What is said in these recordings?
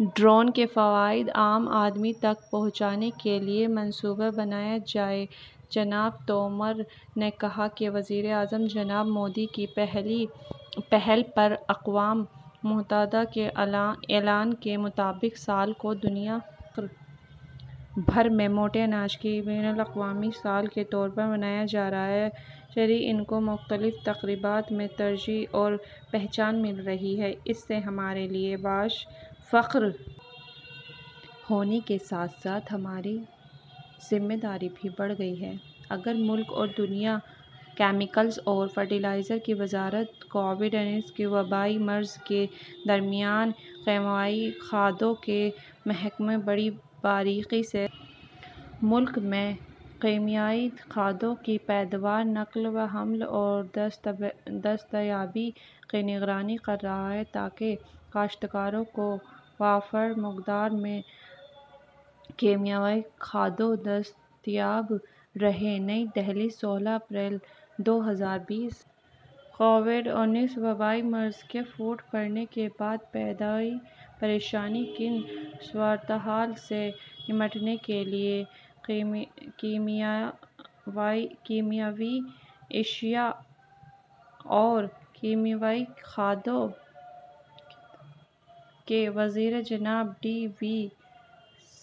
drone کے فوائد عام آدمی تک پہنچانے کے لیے منصوبہ بنایا جائے جناب تومر نے کہا کہ وزیر اعظم جناب مودی کی پہل پر اقوام متحدہ کے اعلان کے مطابق سال کو دنیا بھر میں موٹے اناج کے بین الاقوامی سال کے طور پر منایا جا رہا ہے شری ان کو مختلف تقریبات میں ترجیح اور پہچان مل رہی ہے اس سے ہمارے لیے باعث فخر ہونے کے ساتھ ساتھ ہماری ذمہ داری بھی بڑھ گئی ہے اگر ملک اور دنیا کیمیکلز اور فرٹیلائزر کی وزارت کووڈ انیس وبائی مرض کے درمیان کیمیاوی کھادوں کا محکمہ بڑی باریکی سے ملک میں کیمیاوی کھادوں کی پیداوار نقل و حمل اور دستیابی کی نگرانی کر رہا ہے تاکہ کاشتکاروں کو وافر مقدار میں کیمیاوی کھادیں دستیاب رہیں نئی دہلی سولہ اپریل دو ہزار بیس کووڈ انیس وبائی مرض کے پھوٹ پڑنے کے بعد پیدا ہوئی پریشان کن صورتحال سے نمٹنے کے لیے کیمیاوی اشیا اور کیمیاوی کھادوں کے وزیر جناب ڈی وی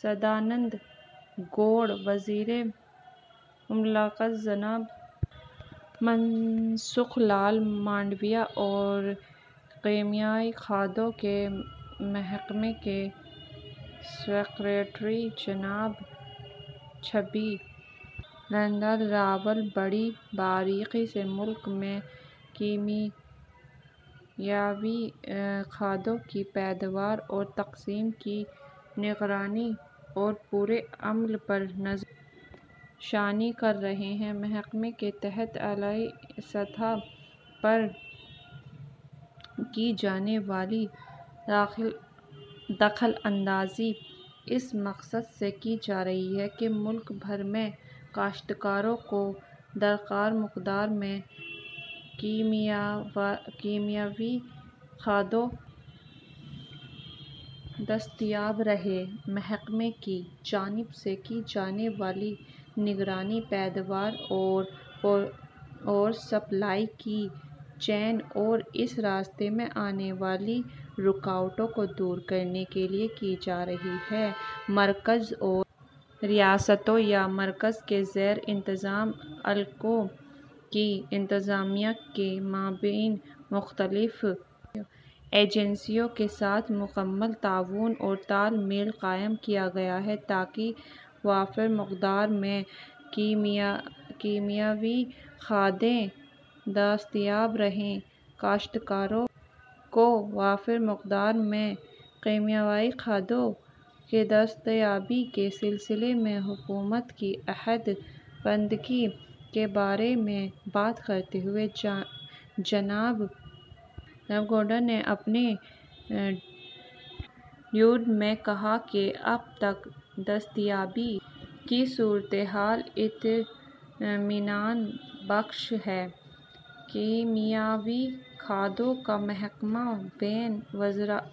سدانند گوڑا وزیر مملکت جناب من سکھ لال منڈاویہ اور کیمیاوی کھادوں کے محکمے کے سکریٹری جناب چھبی لیندر راؤل بڑی باریکی سے ملک میں کیمیاوی کھادوں کی پیداوار اور تقسیم کی نگرانی اور پورے عمل پر نظر ثانی کر رہے ہیں محکمے کے تحت اعلیٰ سطح پر کی جانے والی دخل اندازی اس مقصد سے کی جا رہی ہے کہ ملک بھر میں کاشتکاروں کو درکار مقدار میں کیمیاوی کھادیں دستیاب رہیں محکمے کی جانب سے کی جانے والی نگرانی پیداوار اور سپلائی کی چین اور اس راستے میں آنے والی رکاوٹوں کو دور کرنے کے لیے کی جا رہی ہے مرکز اور ریاستوں یا مرکز کے زیر انتظام علاقوں کی انتظامیہ کے مابین مختلف ایجنسیوں کے ساتھ مکمل تعاون اور تال میل قائم کیا گیا ہے تاکہ وافر مقدار میں کیمیاوی کھادیں دستیاب رہیں کاشتکاروں کو وافر مقدار میں کیمیاوی کھادوں کی دستیابی کے سلسلے میں حکومت کی عہد بندگی کے بارے میں بات کرتے ہوئے جناب گوڑا نے اپنے ٹویٹ میں کہا ہے کہ اب تک دستیابی کی صورتحال اطمینان بخش ہے کیمیاوی کھادوں کا محکمہ بین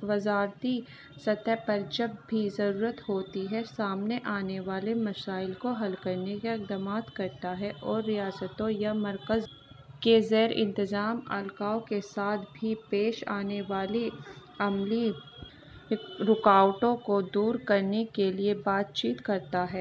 وزارتی سطح پر جب بھی ضرورت ہوتی ہے سامنے آنے والے مسائل کو حل کرنے کے اقدام کرتا ہے اور ریاستوں یا مرکز کے زیر انتظام علاقوں کے ساتھ بھی پیش آنے والی عملی رکاوٹوں کو دور کرنے کے لیے بات چیت کرتا ہے